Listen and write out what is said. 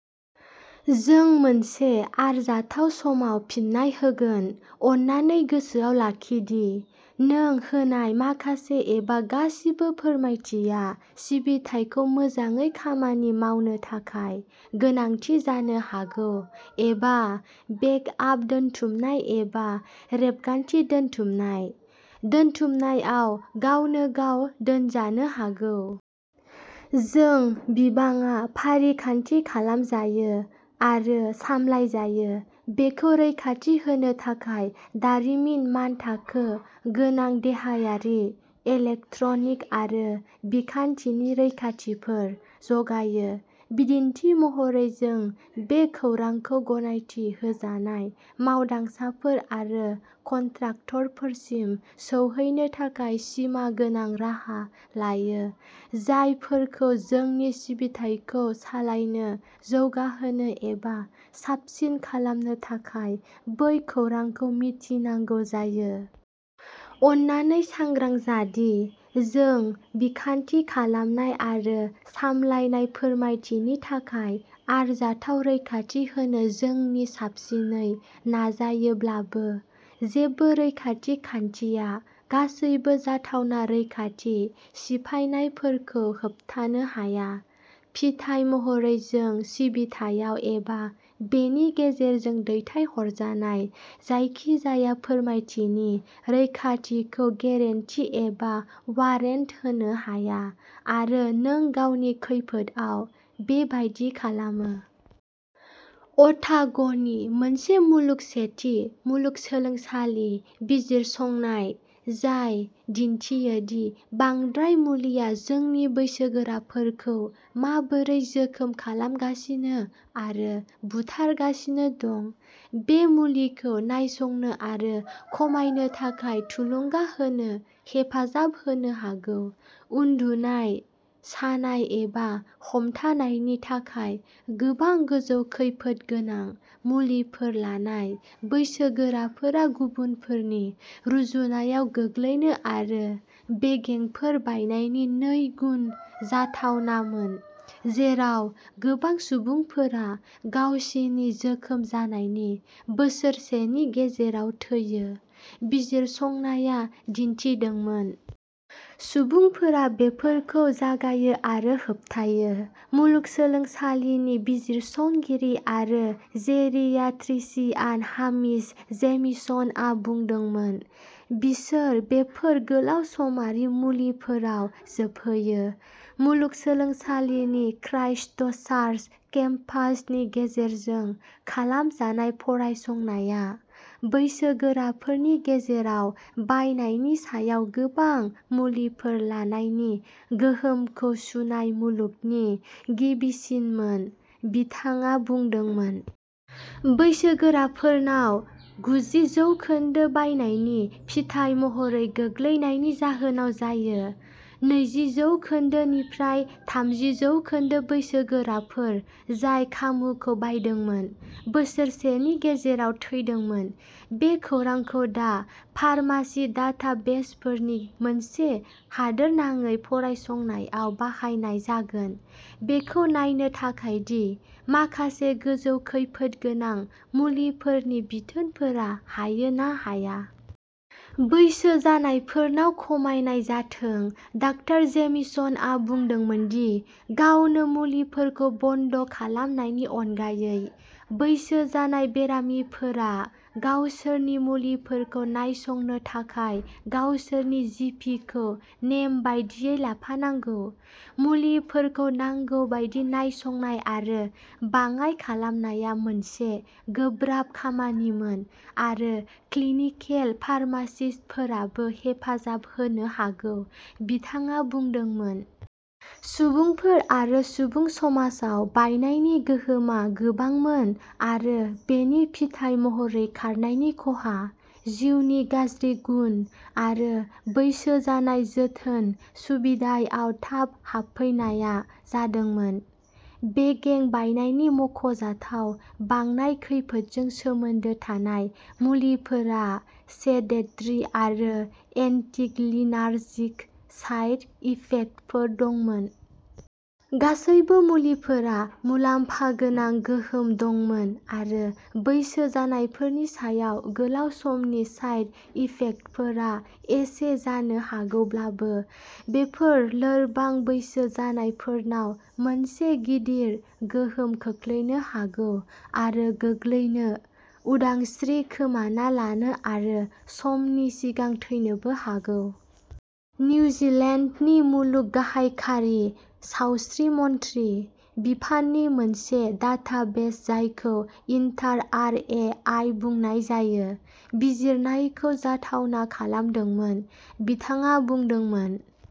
जों मोनसे आरजाथाव समाव फिन्नाय होगोन। अन्नानै गोसोआव लाखि दि नों होनाय माखासे एबा गासिबो फोरमायथिया सिबिथाइखौ मोजाङै खामानि मावनो थाखाय गोनांथि जानो हागौ एबा बेकआप दोनथुमनाय एबा रेबगान्थि दोनथुमनाय, दोनथुमनायाव गावनो-गाव दोनजानो हागौ। जों बिबाङा फारिखान्थि खालामजायो आरो सामलायजायो बेखौ रैखाथि होनो थाखाय दारिमिन मानथाखो गोनां देहायारि, इलेक्ट्रनिक आरो बिखान्थिनि रैखाथिफोर जगायो। बिदिन्थि महरै, जों बे खौरांखौ गनायथि होजानाय मावदांसाफोर आरो कन्ट्राक्टरफोरसिम सौहैनो थाखाय सिमा गोनां राहा लायो, जायफोरखौ जोंनि सिबिथाइखौ सालायनो, जौगाहोनो एबा साबसिन खालामनो थाखाय बै खौरांखौ मिथिनांगौ जायो। अन्नानै सांग्रां जा दि, जों बिखान्थि खालामनाय आरो सामलायनाय फोरमायथिनि थाखाय आरजाथाव रैखाथि होनो जोंनि साबसिनै नाजायोब्लाबो, जेबो रैखाथि खान्थिया गासैबो जाथावना रैखाथि सिफायनायफोरखौ होबथानो हाया। फिथाय महरै जों सिबिथायाव एबा बेनि गेजेरजों दैथायहरजानाय जायखिजाया फोरमायथिनि रैखाथिखौ गेरेन्टि एबा वारेन्ट होनो हाया आरो नों गावनि खैफोदआव बेबादि खालामो। अटाग'नि मोनसे मुलुग सेथि मुलुगसोलोंसालि बिजिरसंनाय, जाय दिन्थियो दि बांद्राय मुलिआ जोंनि बैसोगोराफोरखौ माबोरै जोखोम खालामगासिनो आरो बुथारगासिनो दं, बे मुलिखौ नायसंनो आरो खमायनो थाखाय थुलुंगा होनो हेफाजाब होनो हागौ। उन्दुनाय, सानाय एबा हमथानायनि थाखाय गोबां गोजौ खैफोदगोनां मुलिफोर लानाय बैसोगोराफोरा गुबुनफोरनि रुजुनायाव गोग्लैनो आरो बेगेंफोर बायनायनि नैगुन जाथावनामोन, जेराव गोबां सुबुंफोरा गावसिनि जोखोम जानायनि बोसोरसेनि गेजेराव थैयो, बिजिरसंनाया दिन्थिदोंमोन। सुबुंफोरा बेफोरखौ जागायो आरो होबथायो, मुलुगसोलोंसालिनि बिजिरसंगिरि आरो जेरियाट्रिशियान हामिश जेमिसनआ बुंदोंमोन- "बिसोर बेफोर गोलाव-समारि मुलिफोराव जोबहैयो।" मुलुगसोलोंसालिनि क्राइस्टचार्च केम्पासनि गेजेरजों खालामजानाय फरायसंनाया, बैसोगोराफोरनि गेजेराव बायनायनि सायाव गोबां मुलिफोर लानायनि गोहोमखौ सुनाय मुलुगनि गिबिसिनमोन, बिथाङा बुंदोंमोन। बैसोगोराफोरनाव, गुजि जौखोन्दो बायनायनि फिथाय महरै गोग्लैनायनि जाहोनाव जायो। नैजि जौखोन्दो निफ्राय थामजि जौखोन्दो बैसोगोराफोर जाय खामुखौ बायदोंमोन, बोसोरसेनि गेजेराव थैदोंमोन। बे खौरांखौ दा फार्मासि डाटाबेसफोरनि मोनसे हादोरनाङै फरायसंनायाव बाहायनाय जागोन, बेखौ नायनो थाखाय दि माखासे गोजौ खैफोदगोनां मुलिफोरनि बिथोनफोरा हायो ना हाया। बैसो जानायफोरनाव खमायनाय जाथों। डा. जेमिसनआ बुंदोंमोन दि गावनो मुलिफोरखौ बन्द खालामनायनि अनगायै, बैसो जानाय बेरामिफोरा गावसोरनि मुलिफोरखौ नायसंनो थाखाय गावसोरनि जि. पि. खौ नेमबादियै लाफानांगौ। मुलिफोरखौ नांगौ बायदि नायसंनाय आरो बाङाइ खालामनाया मोनसे "गोब्राब" खामानिमोन आरो क्लिनिकेल फार्मासिस्टफोराबो हेफाजाब होनो हागौ, बिथाङा बुंदोंमोन। सुबुंफोर आरो सुबुं समाजाव बायनायनि गोहोमआ गोबांमोन आरो बेनि फिथाय महरै खारनायनि खहा, जिउनि गाज्रि गुन, आरो बैसो जानाय जोथोन सुबिदायाव थाब हाबफैनाया जादोंमोन। बेगें बायनायनि मख'जाथाव बांनाय खैफोदजों सोमोन्दो थानाय मुलिफोरा "सेडेटरि" आरो "एन्टिकलिनार्जिक" साइड इफेक्टफोर दंमोन। गासैबो मुलिफोरा "मुलाम्फा गोनां गोहोम" दंमोन आरो बैसो जानायफोरनि सायाव गोलाव समनि साइड इफेक्टफोरा एसे जानो हागौब्लाबो, बेफोर "लोरबां बैसो जानायफोरनाव मोनसे गिदिर गोहोम खोख्लैनो हागौ आरो गोग्लैनो, उदांस्रि खोमाना लानो आरो समनि सिगां थैनोबो हागौ।" निउजिलेन्डनि मुलुग गाहाय खारि, सावस्रि मन्थ्रि बिफाननि मोनसे डाटाबेस जायखौ इन्टार आर ए आइ बुंनाय जायो, बिजिरनायखौ जाथावना खालामदोंमोन, बिथाङा बुंदोंमोन।